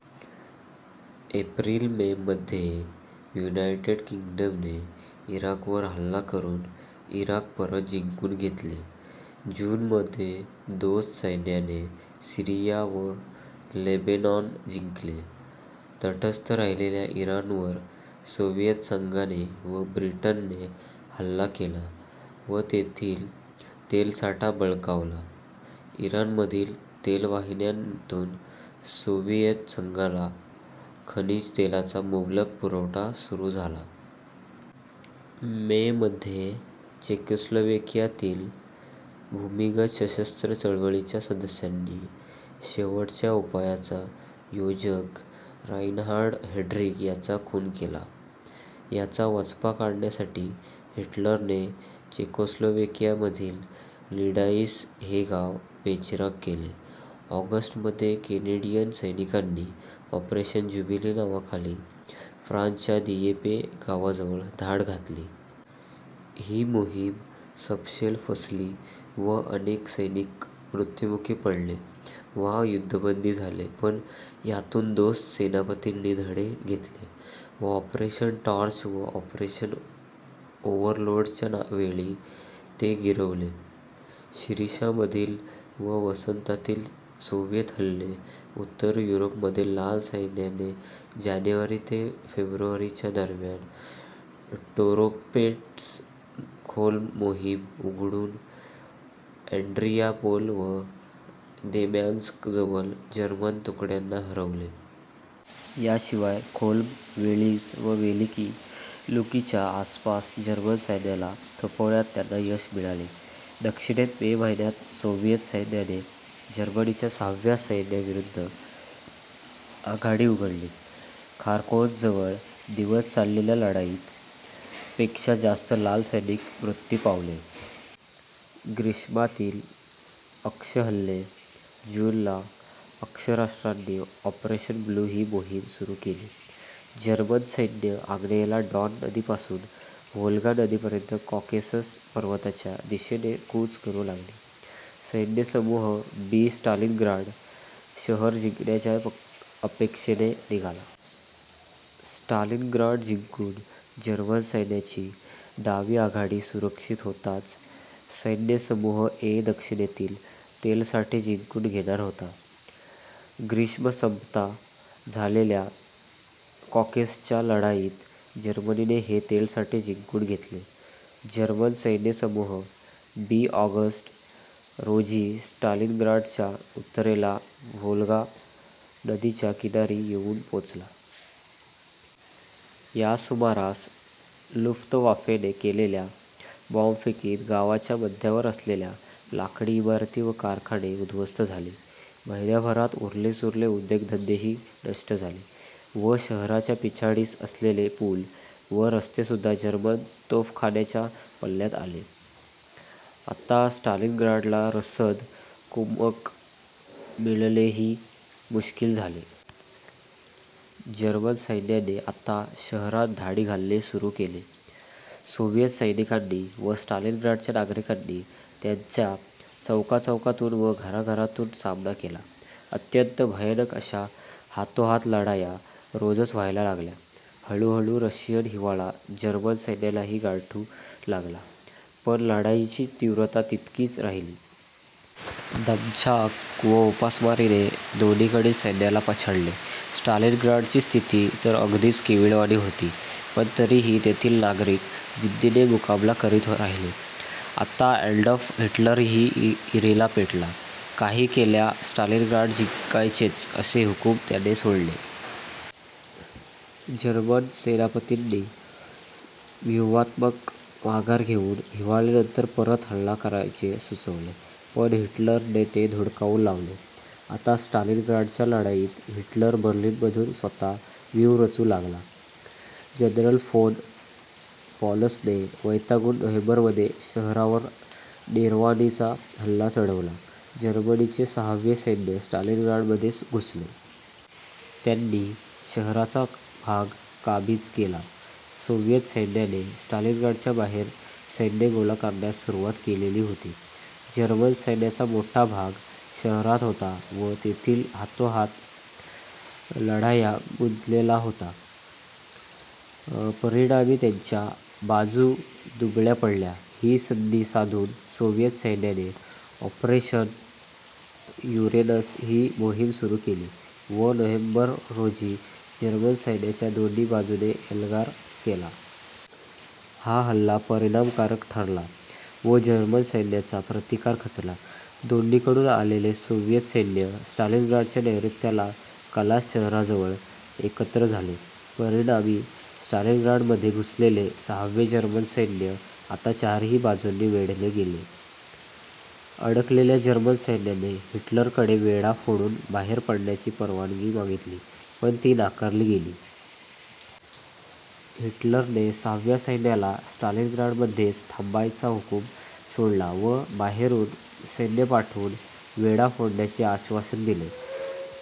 April May मध्ये United किंग्डमने इराकवर हल्ला करून इराक परत जिंकून घेतले. जूनमध्ये दोस्त सैन्याने सीरिया व लेबेनॉन जिंकले. तटस्थ राहिलेल्या इराणवर सोव्हिएत संघाने व ब्रिटनने हल्ला केला व तेथील तेलसाठा बळकावला. इराणमधील तेलवाहिन्यांतून सोव्हिएत संघाला खनिज तेलाचा मुबलक पुरवठा सुरू झाला. मे मध्ये चेकोस्लोव्हेकियातील भूमिगत सशस्त्र चळवळीच्या सद्स्यांनी ' शेवटच्या उपायाचा ' योजक राइनहार्ड हेड्रिख याचा खून केला. याचा वचपा काढण्यासाठी हिटलरने चेकोस्लोव्हेकियामधील लिडाईस हे गाव बेचिराख केले. ऑगस्टमध्ये केनेडीयन सैनिकांनी ऑपरेशन ज्युबिली नावाखाली फ्रान्सच्या दियेपे गावाजवळ धाड घातली. ही मोहीम सपशेल फसली व अनेक सैनिक मृत्युमुखी पडले वा युद्धबंदी झाले पण यातून दोस्त सेनापतींनी धडे घेतले व ऑपरेशन टॉर्च व ऑपरेशन ओव्हरलॉर्डच्यावेळी ते गिरवले. शिशिरामधील व वसंतातील सोव्हिएत हल्ले उत्तर युरोपमध्ये लाल सैन्याने जानेवारी ते फेब्रुवारी च्या दरम्यान टोरोपेट्स-खोल्म मोहीम उघडुन अँड्रियापोल व देम्यान्स्कजवळ जर्मन तुकड्यांना हरवले. याशिवाय खोल्म, वेलिझ व वेलिकी लुकीच्या आसपास जर्मन सैन्याला थोपवण्यात त्यांना यश मिळाले. दक्षिणेत मे महिन्यात सोव्हिएत सैन्याने जर्मनीच्या सहाव्या सैन्याविरुद्ध आघाडी उघडली. खार्कोव्हजवळ दिवस चाललेल्या लढाईत, पेक्षा जास्त लाल सैनिक मृत्यू पावले. ग्रीष्मातील अक्ष हल्ले जून ला अक्ष राष्ट्रांनी ऑपरेशन ब्लू ही मोहीम सुरू केली. जर्मन सैन्य आग्नेयेला डॉन नदी पासून व्होल्गा नदीपर्यंत कॉकेसस पर्वतांच्या दिशेने कूच करू लागली. सैन्यसमूह बी स्टालिनग्राड शहर जिंकायच्या अपेक्षेने निघाला. स्टालिनग्राड जिंकून जर्मन सैन्याची डावी आघाडी सुरक्षित होताच सैन्यसमूह ए दक्षिणेतील तेलसाठे जिंकून घेणार होता. ग्रीष्म संपता झालेल्या कॉकेससच्या लढाईत जर्मनीने हे तेलसाठे जिंकून घेतले. जर्मन सैन्यसमूह बी ऑगस्ट, रोजी स्टालिनग्राडच्या उत्तरेला व्होल्गा नदीच्या किनारी येऊन पोचला. यासुमारास लुफ्तवाफेने केलेल्या बॉम्बफेकीत गावाच्या मध्यावर असलेल्या लाकडी इमारती व कारखाने उद्ध्वस्त झाले. महिन्याभरात उरलेसुरले उद्योग-धंदेही नष्ट झाले व शहराच्या पिछाडीस असलेले पूल व रस्तेसुद्धा जर्मन तोफखान्याच्या पल्ल्यात आले. आता स्टालिनग्राडला रसद/कुमक मिळणेही मुश्किल झाले. जर्मन सैन्याने आता शहरात धाडी घालणे सुरू केले. सोव्हिएत सैनिकांनी व स्टालिनग्राडच्या नागरिकांनी त्यांचा चौकाचौकातून व घराघरातून सामना केला. अत्यंत भयानक अश्या हातोहात लढाया रोजच व्हायला लागल्या. हळूहळू रशियन हिवाळा जर्मन सैन्यालाही गारठू लागला पण लढाईची तीव्रता तितकीच राहिली. दमछाक व उपासमारीने दोन्हीकडील सैन्याला पछाडले. स्टालिनग्राडची स्थिती तर अगदीच केविलवाणी होती पण तरीही तेथील नागरिक जिद्दीने मुकाबला करीत राहिले. आता ॲडॉल्फ हिटलरही ईरेला पेटला. काही केल्या स्टालिनग्राड जिंकायचेच असे हुकुम त्याने सोडले. जर्मन सेनापतींनी व्यूहात्मक माघार घेउन हिवाळ्यानंतर परत हल्ला करायचे सुचवले पण हिटलरने ते धुडकावून लावले. आता स्टालिनग्राडच्या लढाईत हिटलर बर्लिनमधून स्वतः व्यूह रचू लागला. जनरल फोन पॉलसने वैतागून नोव्हेंबरमध्ये शहरावर निर्वाणीचा हल्ला चढवला जर्मनीचे सहावे सैन्य स्टालिनग्राडमध्ये घुसले. त्यांनी शहराचा भाग काबीज केला. सोव्हिएत सैन्याने स्टालिनग्राडच्या बाहेर सैन्य गोळा करण्यास सुरुवात केलेली होती. जर्मन सैन्याचा मोठा भाग शहरात होता व तेथील हातोहात लढायां गुंतलेला होता. परिणामी त्यांच्या बाजू दुबळ्या पडल्या. ही संधी साधून सोव्हिएत सैन्याने ऑपरेशन युरेनस ही मोहीम सुरू केली व नोव्हेंबर रोजी जर्मन सैन्याच्या दोन्ही बाजूने एल्गार केला. हा हल्ला परिणामकारक ठरला व जर्मन सैन्याचा प्रतिकार खचला. दोन्हीकडून आलेले सोव्हिएत सैन्य स्टालिनग्राडच्या नैर्ऋत्येला कलाच शहराजवळ एकत्र झाले. परिणामी स्टालिनग्राडमध्ये घुसलेले सहावे जर्मन सैन्य आता चारही बाजूंनी वेढले गेले. अडकलेल्या जर्मन सैन्याने हिटलरकडे वेढा फोडून बाहेर पडण्याची परवानगी मागितली पण ती नाकारली गेली. हिटलरने सहाव्या सैन्याला स्टालिनग्राडमध्येच थांबायचा हुकुम सोडला व बाहेरून सैन्य पाठवून वेढा फोडण्याचे आश्वासन दिले.